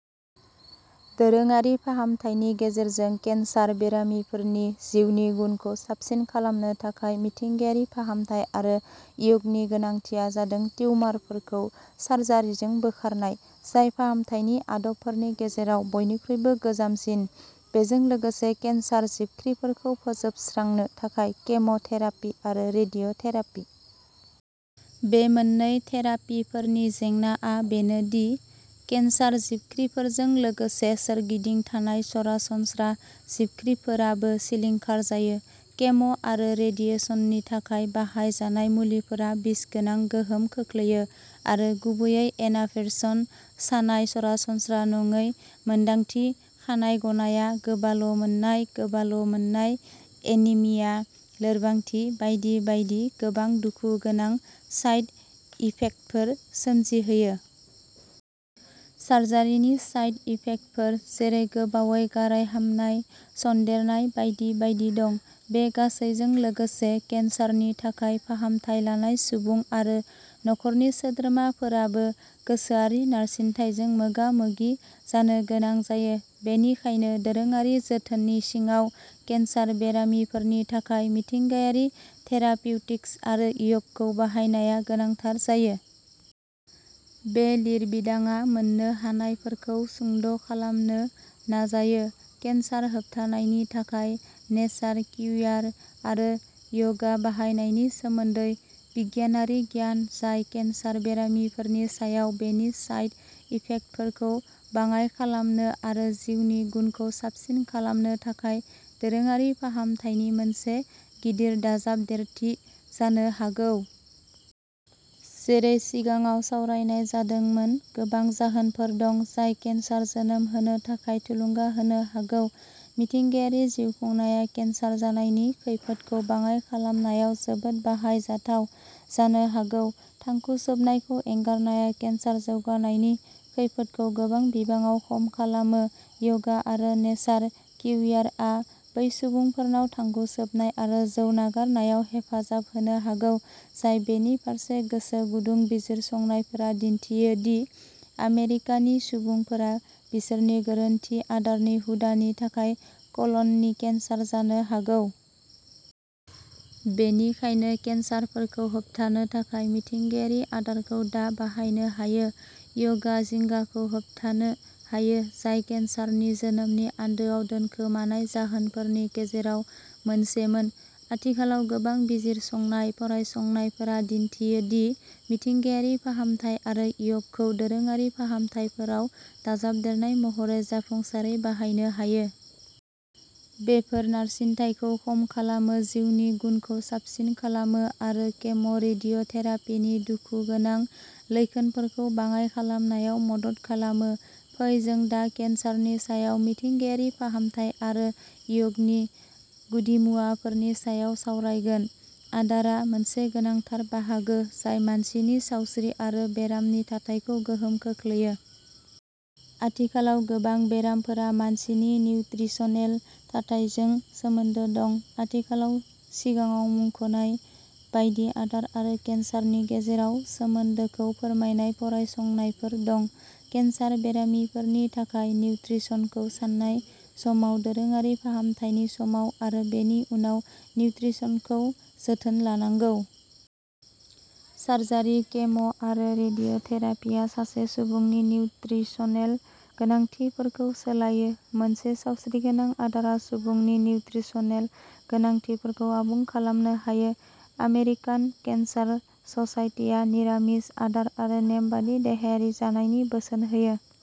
दोरोङारि फाहामथायनि गेजेरजों केन्सार बेरामिफोरनि जिउनि गुनखौ साबसिन खालामनो थाखाय मिथिंगायारि फाहामथाय आरो य'गनि गोनांथिया जादों टिउमारफोरखौ सार्जारिजों बोखारनाय जाय फाहामथायनि आदबफोरनि गेजेराव बयनिख्रुइबो गोजामसिन। बेजों लोगोसे केन्सार जिबख्रिफोरखौ फोजोबस्रांनो थाखाय केम'थेरापि आरो रेडिय'थेरापि। बे मोन्नै थेरापिफोरनि जेंनाआ बेनो दि केन्सार जिबख्रिफोरजों लोगोसे सोरगिदिं थानाय सरासनस्रा जिबख्रिफोराबो सिलिंखार जायो। केम'आरो रेडिएसननि थाखाय बाहायजानाय मुलिफोरा बिसगोनां गोहोम खोख्लैयो आरो गुबैयै एनार्भेसन सानाय सरासनस्रा नङै मोन्दांथि खानाय गनाया गोबाल'मोननाय गोबाल'मोननाय एनिमिया लोरबांथि बायदि बायदि गोबां दुखुगोनां साइड इफेक्टफोर सोमजिहोयो। सार्जारिनि साइड इफेक्टफोर जेरै गोबावै गाराय हामनाय सन्देरनाय बायदि बायदि दं। बे गासैजों लोगोसे केन्सारनि थाखाय फाहामथाय लानाय सुबुं आरो नखरनि सोद्रोमाफोराबो गोसोआरि नारसिनथायजों मोगा मोगि जानो गोनां जायो। बेनिखायनो दोरोङारि जोथोननि सिङाव केन्सार बेरामिफोरनि थाखाय मिथिंगायारि थेरापिउटिक्स आरो य'गखौ बाहायनाया गोनांथार जायो। बे लिरबिदांआ मोन्नो हानायफोरखौ सुंद'खालामनो नाजायो। केन्सार होबथानायनि थाखाय नेचार किउयार आरो यगा बाहायनायनि सोमोन्दै बिगियानारि गियान जाय केन्सार बेरामिफोरनि सायाव बेनि साइड इफेक्टफोरखौ बाङाइ खालामनो आरो जिउनि गुनखौ साबसिन खालामनो थाखाय दोरोङारि फाहामथायनि मोनसे गिदिर दाजाबदेरथि जानो हागौ। जेरै सिगाङाव सावरायनाय जादोंमोन गोबां जाहोनफोर दं जाय केन्सार जोनोम होनो थाखाय थुलुंगा होनो हागौ। मिथिंगायारि जिउ खुंनाया केन्सार जानायनि खैफोदखौ बाङाय खालामनायाव जोबोद बाहायजाथाव जानो हागौ। थांखु सोबनायखौ एंगारनाया केन्सार जौगानायनि खैफोदखौ गोबां बिबाङाव खम खालामो यगा आरो नेचार किउयारआ बै सुबुंफोरनाव थांखु सोबनाय आरो जौ नागारनायाव हेफाजाब होनो हागौ जाय बेनि फारसे गोसो गुदुं बिजिरसंनायफोरा दिन्थियो दि आमेरिकानि सुबुंफोरा बिसोरनि गोरोन्थि आदारनि हुदानि थाखाय कलन नि केन्सार जानो हागौ। बेनिखायनो केन्सारफोरखौ होबथानो थाखाय मिथिंगायारि आदारखौ दा बाहायनो हायो। यगाआ जिंगाखौ होबथानो हायो जाय केन्सारनि जोनोमनि आन्दोआव दोनखोमानाय जाहोनफोरनि गेजेराव मोनसेमोन। आथिखालाव गोबां बिजिरसंनाय फरायसंनायफोरा दिन्थियो दि मिथिंगायारि फाहामथाय आरो य'गखौ दोरोङारि फाहामथायफोराव दाजाबदेरनाय महरै जाफुंसारै बाहायनो हायो। बेफोर नारसिनथायखौ खम खालामो जिउनि गुनखौ साबसिन खालामो आरो केम रेडिय'थेरापिनि दुखुगोनां लैखोनफोरखौ बाङाइ खालामनायाव मदद खालामो। फै जों दा केन्सारनि सायाव मिथिंगायारि फाहामथाय आरो य'गनि गुदिमुवाफोरनि सायाव सावरायगोन। आदारा मोनसे गोनांथार बाहागो जाय मानसिनि सावस्रि आरो बेरामनि थाथायखौ गोहोम खोख्लैयो। आथिखालाव गोबां बेरामफोरा मानसिनि निउत्रिसनेल थाथायजों सोमोन्दो दं। आथिखालाव सिगाङाव मुंख'नाय बायदि आदार आरो केन्सारनि गेजेराव सोमोन्दोखौ फोरमायनाय फरायसंनायफोर दं। केन्सार बेरामिफोरनि थाखाय निउत्रिसनखौ सान्नाय समाव दोरोङारि फाहामथायनि समाव आरो बेनि उनाव निउत्रिसनखौ जोथोन लानांगौ। सार्जारि केम'आरो रेडिय'थेरापिआ सासे सुबुंनि निउत्रिसनेल गोनांथिफोरखौ सोलायो। मोनसे सावस्रिगोनां आदारा सुबुंनि निउत्रिसनेल गोनांथिफोरखौ आबुं खालामनो हायो। आमेरिकान केन्सार ससाइटिआ निरामिस आदार आरो नेमबादि देहायारि जानायनि बोसोन होयो।